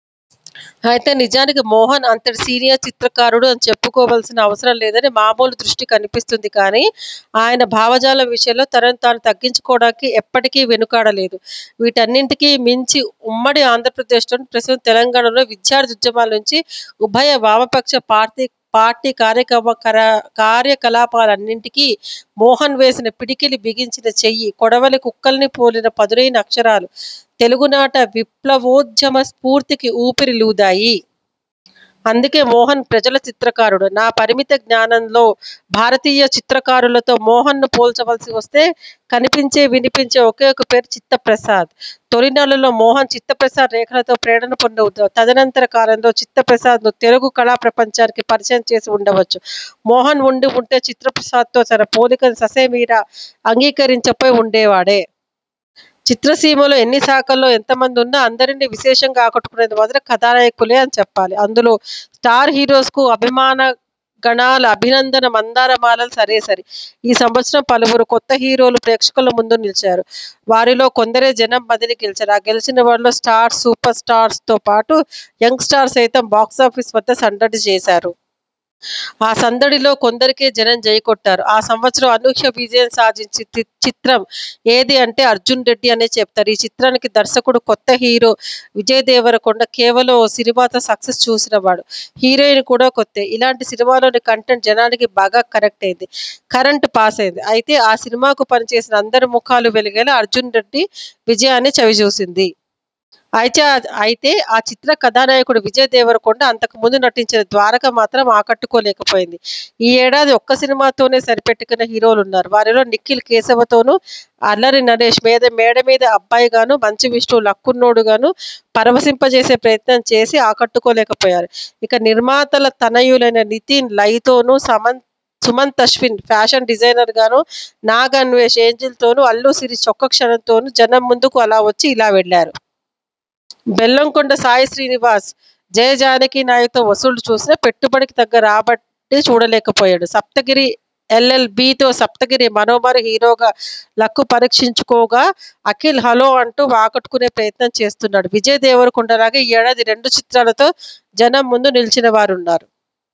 అయితే నిజానికి మోహన్ అంతటి సీనియర్ చిత్రకారుడు ఇది చెప్పుకోవలసిన అవసరం లేదని మామూలు దృష్టికి అనిపిస్తుంది కానీ, ఆయన భావజాలం విషయంలో తనను తాను తగ్గించుకోవడానికి ఎప్పటికీ వెనుకాడలేదు. వీటన్నింటికీ మించి ఉమ్మడి ఆంధ్రప్రదేశ్లోనూ, ప్రస్తుతం తెలంగాణలోనూ విద్యార్థి ఉద్యమాల నుంచి, ఉభయ వామపక్ష పార్టీ కార్యకలాపాలన్నింటికీ మోహన్ వేసిన పిడికిలి బిగించిన చెయ్యి, కొడవలి కక్కుల్ని పోలిన పదునైన అక్షరాలు తెలుగునాట విప్లవోద్యమ స్ఫూర్తికి ఊపిరులూదాయి. అందుకే మోహన్ ప్రజల చిత్రకారుడు. నా పరిమిత జ్ఞానంలో భారతీయ చిత్రకారులతో మోహన్ను పోల్చవలసి వస్తే కనిపించే, వినిపించే ఒకే ఒక పేరు చిత్త ప్రసాద్. తొలినాళ్లలో మోహన్ చిత్తప్రసాద్ రేఖలతో ప్రేరణ పొంది వుండవచ్చు, తదనంతర కాలంలో చిత్తప్రసాద్ను తెలుగు కళా ప్రపంచానికి పరిచయం చేసి వుండవచ్చు, మోహన్ వుండి వుంటే చిత్తప్రసాద్తో తన పోలికను ససేమిరా అంగీకరించకపోయి వుండేవాడే! చిత్రసీమలో ఎన్ని శాఖల్లో ఎంతమంది ఉన్నా, అందరినీ విశేషంగా ఆకట్టుకొనేది మాత్రం కథానాయకులు అనే చెప్పాలి. అందులో స్టార్ హీరోస్కు అభిమానగణాల అభినందన మందారమాలలు సరేసరి. ఈ సంవత్సరం పలువురు కొత్త హీరోలు ప్రేక్షకుల ముందు నిలిచారు. వారిలో కొందరే జనం మదిని గెలిచారు. ఆ గెలిచిన వారిలో స్టార్స్, సూపర్ స్టార్స్తో పాటు యంగ్ స్టార్స్ సైతం బాక్సాఫీస్ వద్ద సందడి చేశారు. ఆ సందడిలో కొందరికే జనం జై కొట్టారు. ఈ సంవత్సరం అనూహ్య విజయం సాధించిన చిత్రం ఏది అంటే 'అర్జున్ రెడ్డి' అనే చెబుతారు. ఈ చిత్రానికి దర్శకుడు కొత్త, హీరో విజయ్ దేవరకొండ కేవలం ఓ సినిమాతో సక్సెస్ చూసినవాడు, హీరోయిన్ కూడా కొత్తే- ఇలాంటి సినిమాలోని కంటెంట్ జనానికి బాగా కనెక్ట్ అయింది- కరెంట్ పాస్ అయింది- అంతే ఆ సినిమాకు పనిచేసిన అందరి ముఖాలు వెలిగేలా 'అర్జున్ రెడ్డి' విజయాన్ని చవిచూసింది. అయితే ఆ చిత్ర కథానాయకుడు విజయ్ దేవరకొండ అంతకుముందు నటించిన 'ద్వారక' మాత్రం ఆకట్టుకోలేకపోయింది. ఈ యేడాది ఒక్క సినిమాతోనే సరిపెట్టుకున్న హీరోలున్నారు. వారిలో నిఖిల్ 'కేశవ'తోనూ, అల్లరినరేశ్ 'మేడమీద అబ్బాయి'గానూ, మంచు విష్ణు 'లక్కున్నోడు'గానూ పరవశింప చేసే ప్రయత్నం చేసి ఆకట్టుకోలేకపోయారు. ఇక నిర్మాతల తనయులైన నితిన్ 'లై'తోనూ, సుమంత్ అశ్విన్ 'ఫ్యాషన్ డిజైనర్'గానూ, నాగ అన్వేష్ 'ఏంజెల్'తోనూ, అల్లు శిరీష్ 'ఒక్క క్షణం'తోనూ జనం ముందుకు అలా వచ్చి ఇలా వెళ్ళారు. బెల్లంకొండ సాయిశ్రీనివాస్ 'జయ జానకి నాయక'తో వసూళ్ళు చూసినా, పెట్టుబడికి తగ్గ రాబడి చూడలేకపోయాడు. 'సప్తగిరి ఎల్. ఎల్. బి'తో సప్తగిరి మరోమారు హీరోగా లక్కు పరీక్షించుకుకోగా అఖిల్ 'హలో' అంటూ ఆకట్టుకొనే ప్రయత్నం చేస్తున్నాడు. విజయ్ దేవరకొండలాగే ఈ ఏడాది రెండు చిత్రాలతో జనం ముందు నిలచినవారున్నారు.